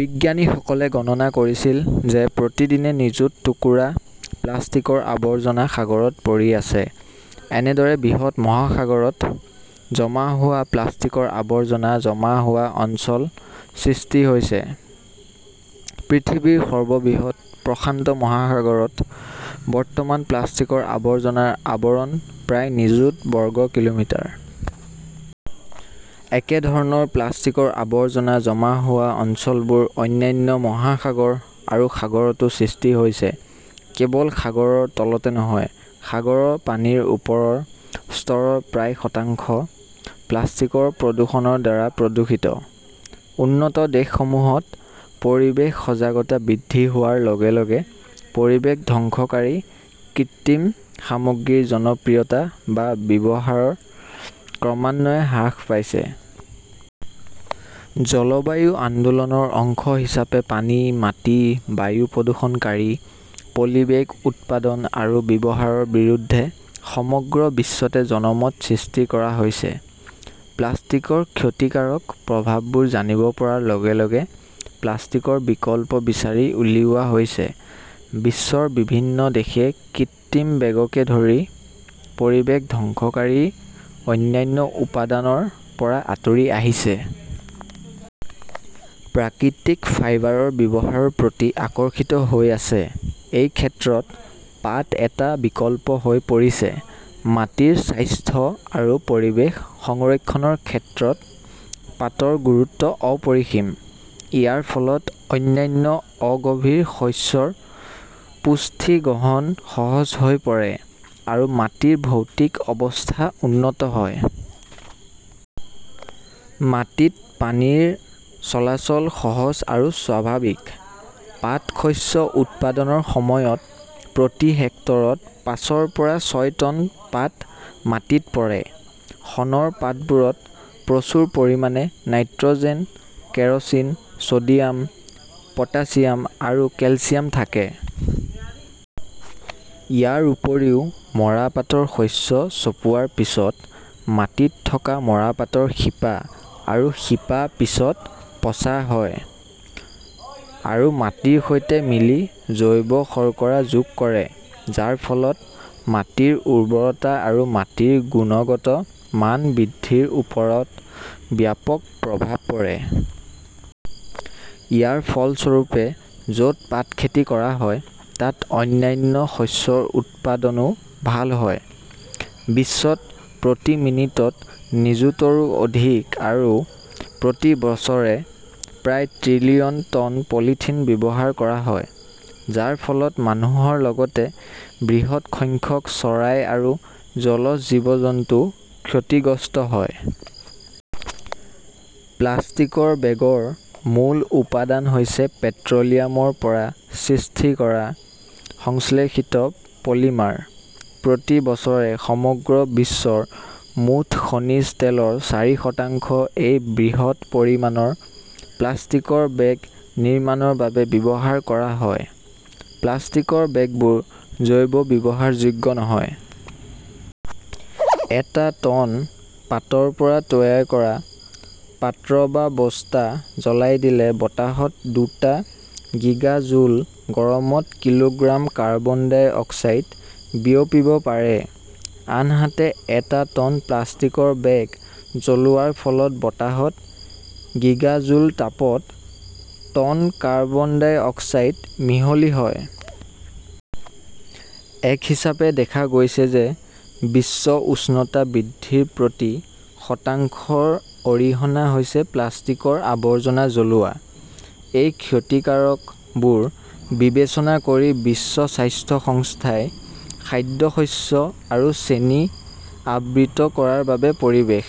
বিজ্ঞানীসকলে গণনা কৰিছিল যে প্ৰতিদিনে নিযুত টুকুৰা প্লাষ্টিকৰ আৱৰ্জনা সাগৰত পৰি আছে। এনেদৰে বৃহৎ মহাসাগৰত জমা হোৱা প্লাষ্টিকৰ আৱৰ্জনা জমা হোৱা অঞ্চল সৃষ্টি হৈছে। পৃথিৱীৰ সৰ্ববৃহৎ প্ৰশান্ত মহাসাগৰত বৰ্তমান প্লাষ্টিকৰ আৱৰ্জনাৰ আৱৰণ প্ৰায় নিযুত বৰ্গ কিলোমিটাৰ। একেধৰণৰ প্লাষ্টিকৰ আৱৰ্জনা জমা হোৱা অঞ্চলবোৰ অন্যান্য মহাসাগৰ আৰু সাগৰতো সৃষ্টি হৈছে। কেৱল সাগৰৰ তলতে নহয়, সাগৰৰ পানীৰ ওপৰৰ স্তৰৰ প্ৰায় শতাংশ প্লাষ্টিকৰ প্ৰদূষণৰ দ্বাৰা প্ৰদূষিত। উন্নত দেশসমূহত পৰিৱেশ সজাগতা বৃদ্ধি হোৱাৰ লগে লগে পৰিৱেশ ধ্বংসকাৰী কৃত্ৰিম সামগ্ৰীৰ জনপ্ৰিয়তা বা ব্যৱহাৰ ক্ৰমান্বয়ে হ্ৰাস পাইছে। জলবায়ু আন্দোলনৰ অংশ হিচাপে পানী, মাটি, বায়ু প্ৰদূষণকাৰী পলিবেগ উৎপাদন আৰু ব্যৱহাৰৰ বিৰুদ্ধে সমগ্ৰ বিশ্বতে জনমত সৃষ্টি কৰা হৈছে। প্লাষ্টিকৰ ক্ষতিকাৰক প্ৰভাৱবোৰ জানিব পৰাৰ লগে লগে প্লাষ্টিকৰ বিকল্প বিচাৰি উলিওৱা হৈছে। বিশ্বৰ বিভিন্ন দেশে কৃত্ৰিম বেগকে ধৰি পৰিৱেশ ধ্বংসকাৰী অন্যান্য উপাদানৰ পৰা আঁতৰি আহিছে। প্ৰাকৃতিক ফাইবাৰৰ ব্যৱহাৰৰ প্ৰতি আকৰ্ষিত হৈ আছে। এই ক্ষেত্ৰত পাট এটা বিকল্প হৈ পৰিছে। মাটিৰ স্বাস্থ্য আৰু পৰিৱেশ সংৰক্ষণৰ ক্ষেত্ৰত পাটৰ গুৰুত্ব অপৰিসীম। ইয়াৰ ফলত অন্যান্য অগভীৰ শস্যৰ পুষ্টি গ্ৰহণ সহজ হৈ পৰে আৰু মাটিৰ ভৌতিক অৱস্থা উন্নত হয়। মাটিত পানীৰ চলাচল সহজ আৰু স্বাভাৱিক। পাট শস্য উৎপাদনৰ সময়ত প্ৰতি হেক্টৰত পাঁচৰ পৰা ছয় টন পাট মাটিত পৰে। শণৰ পাতবোৰত প্ৰচুৰ পৰিমাণে "nitrogen, keratin, "sodium, potassium আৰু কেলচিয়াম থাকে। ইয়াৰ উপৰিও, মৰাপাটৰ শস্য চপোৱাৰ পিছত মাটিত থকা মৰাপাটৰ শিপা আৰু শিপা পিছত পচা হয় আৰু মাটিৰ সৈতে মিলি জৈৱ-শৰ্কৰা যোগ কৰে, যাৰ ফলত মাটিৰ উৰ্বৰতা আৰু মাটিৰ গুণগত মান বৃদ্ধিৰ ওপৰত ব্যাপক প্ৰভাৱ পৰে। ইয়াৰ ফলস্বৰূপে, য 'ত পাট খেতি কৰা হয়, তাত অন্যান্য শস্যৰ উৎপাদনও ভাল হয়। বিশ্বত প্ৰতি মিনিটত নিযুতৰো অধিক আৰু প্ৰতি বছৰে প্ৰায় ত্ৰিলিয়ন টন পলিথিন ব্যৱহাৰ কৰা হয়, যাৰ ফলত মানুহৰ লগতে বৃহৎ সংখ্যক চৰাই আৰু জলজ জীৱ-জন্তুও ক্ষতিগ্ৰস্ত হয়। প্লাষ্টিকৰ বেগৰ মূল উপাদান হৈছে পেট্ৰ "লিয়ামৰ পৰা সৃষ্টি কৰা সংশ্লেষিত পলিমাৰ। প্ৰতি বছৰে সমগ্ৰ বিশ্বৰ মুঠ খনিজ তেলৰ চাৰি শতাংশ এই বৃহৎ পৰিমাণৰ প্লাষ্টিকৰ বেগ নিৰ্মাণৰ বাবে ব্যৱহাৰ কৰা হয়। প্লাষ্টিকৰ বেগবোৰ জৈৱ-ব্যৱহাৰযোগ্য নহয়। এটা টন পাটৰ পৰা তৈয়াৰ কৰা পাত্ৰ বা বস্তা জ্বলাই দিলে বতাহত দুটা গিগা জুল গৰমত কিলোগ্ৰাম কাৰ্বন ডাই অক্সাইড বিয়পিব পাৰে। আনহাতে, এটা টন প্লাষ্টিকৰ বেগ জ্বলোৱাৰ ফলত বতাহত গিগা জুল তাপত টন কাৰ্বন ডাই অক্সাইড মিহলি হয়। এক হিচাপে দেখা গৈছে যে বিশ্ব উষ্ণতা বৃদ্ধিৰ প্ৰতি শতাংশৰ অৰিহণা হৈছে প্লাষ্টিকৰ আৱৰ্জনা জ্বলোৱা। এই ক্ষতিকাৰকবোৰ বিবেচনা কৰি বিশ্ব স্বাস্থ্য সংস্থাই খাদ্যশস্য আৰু চেনি আবৃত কৰাৰ বাবে পৰিৱেশ